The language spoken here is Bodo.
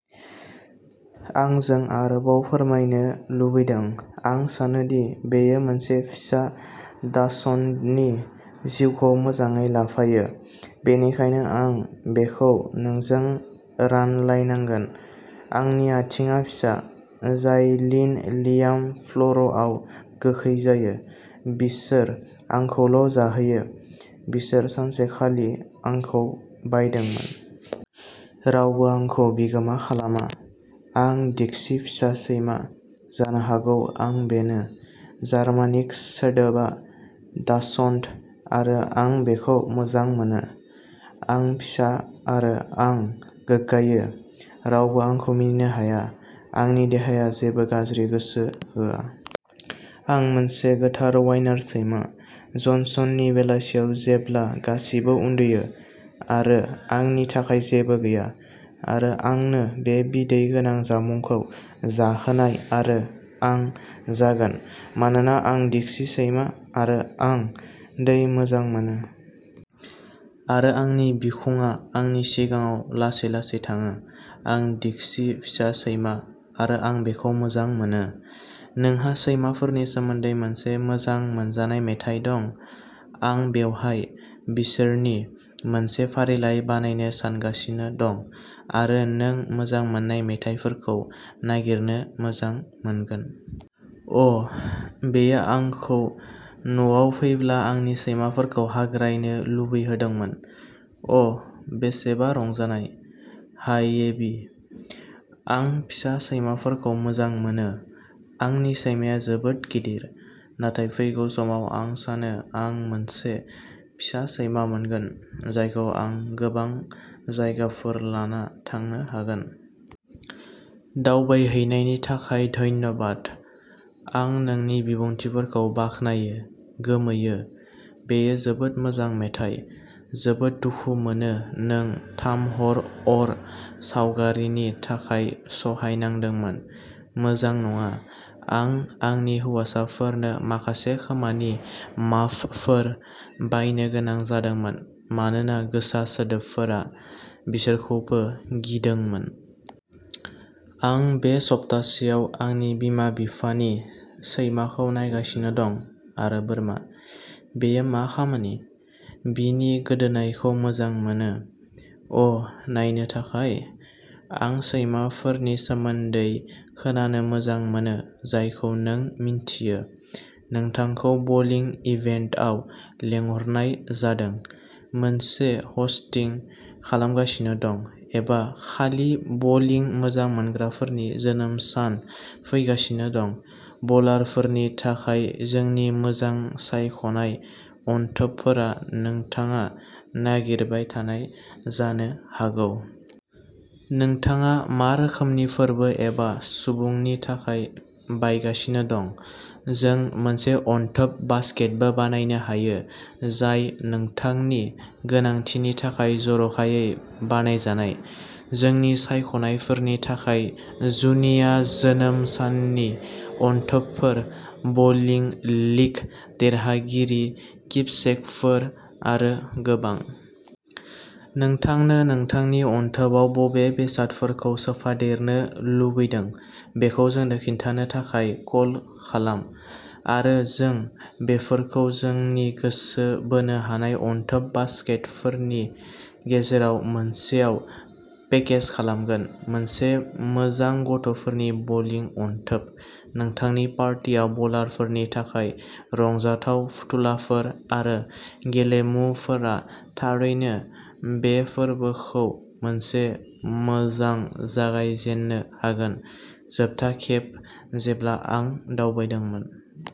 आंजों आरोबाव फोरमायनो लुबैदों। आं सानो दि बेयो मोनसे फिसा डाचशन्डनि जिउखौ मोजाङै लाफायो। बेनिखायनो आं बेखौ नोंजों रानलायनांगोन। आंनि आथिंआ फिसा, जाय लिन' लियाम फ्ल'रआव गोखै जायो। बिसोर आंखौल' जाहैयो। बिसोर सानसे खालि आंखौ बायदोंमोन। रावबो आंखौ बिगोमा खालामा। आं डिक्सी फिसा सैमा। जानो हागौ आं बेनो। जार्मानिक सोदोबा डाचशन्ड आरो आं बेखौ मोजां मोनो। आं फिसा आरो आं गोग्गायो, रावबो आंखौ मिनिनो हाया। आंनि देहाया जेबो गाज्रि गोसो होआ। आं मोनसे गोथार वाइनार सैमा। जनसननि बेलासियाव जेब्ला गासैबो उन्दुयो। आरो आंनि थाखाय जेबो गैया। आरो आंनो बे बिदै गोनां जामुंखौ जाहोनाय आरो आं जागोन। मानोना आं डिक्सी सैमा आरो आं दै मोजां मोनो। आरो आंनि बिखुंआ आंनि सिगाङाव लासै-लासै थाङो। आं डिक्सी फिसा सैमा आरो आं बेखौ मोजां मोनो। नोंहा सैमाफोरनि सोमोन्दै मोनसे मोजां मोनजानाय मेथाइ दं? आं बेवहाय बिसोरनि मोनसे फारिलाइ बानायनो सानगासिनो दं आरो नों मोजां मोन्नाय मेथाइफोरखौ नागिरनो मोजां मोनगोन। अ, बेयो आंखौ नआव फैब्ला आंनि सैमाफोरखौ हाग्रायनो लुबैहोदोंमोन। अ बेसेबां रंजानाय! हाय एबि! आं फिसा सैमाफोरखौ मोजां मोनो। आंनि सैमाया जोबोद गिदिर! नाथाय फैगौ समाव आं सानो आं मोनसे फिसा सैमा मोनगोन जायखौ आं गोबां जायगाफोर लाना थांनो हागोन। दावबायहैनायनि थाखाय धन्यबा। आं नोंनि बिबुंथिफोरखौ बाख्नायो! गोमोयो। बेयो जोबोद मोजां मेथाइ! जोबोद दुखु मोनो नों थाम हर अर सावगारिनि थाखाय सहायनांदोंमोन, मोजां नङा। आं आंनि हौवासाफोरनो माखासे खोमानि माफफोर बायनो गोनां जादोंमोन मानोना गोसा सोदोबफोरा बिसोरखौबो गिदोंमोन। आं बे सप्तायाव आंनि बिमा-बिफानि सैमाखौ नायगासिनो दं आरो बोरमा, बेयो मा खामानि! बिनि गोदोनायखौ मोजां मोनो। अ नायनो थाखाय! आं सैमाफोरनि सोमोन्दै खोनानो मोजां मोनो जायखौ नों मिन्थियो। नोंथांखौ बलिं इभेन्टआव लिंहरनाय जादों, मोनसे हस्टिं खालामगासिनो दं एबा खालि बलिं मोजां मोनग्राफोरनि जोनोम सान फैगासिनो दं, बलारफोरनि थाखाय जोंनि मोजां सायख'नाय अनथोबफोरा नोंथाङा नागिरबाय थानाय जानो हागौ। नोंथाङा मा रोखोमनि फोरबो एबा सुबुंनि थाखाय बायगासिनो दं, जों मोनसे अनथोब बास्केटबो बानायनो हायो जाय नोंथांनि गोनांथिनि थाखाय जर'खायै बानायजानाय, जोंनि सायख'नायफोरनि थाखाय जुनिया जोनोम साननि अनथोबफोर, बलिं लीग देरहागिरि किपसेकफोर आरो गोबां। नोंथांनो नोंथांनि अनथोबआव बबे बेसादफोरखौ सोफादेरनो लुबैदों बेखौ जोंनो खोन्थानो थाखाय कल खालाम आरो जों बेफोरखौ जोंनि गोसो बोनो हानाय अनथोब बास्केटफोरनि गेजेराव मोनसेआव पेकेज खालामगोन। मोनसे मोजां गथ'फोरनि बलिं अनथोब, नोंथांनि पार्टियाव बलारफोरनि थाखाय रंजाथाव फुथुलाफोर आरो गेलेमुफोरा थारैनो बे फोरबोखौ मोनसे मोजां जागायजेन्नो हागोन। जोबथा खेब जेब्ला आं दावबायदोंमोन।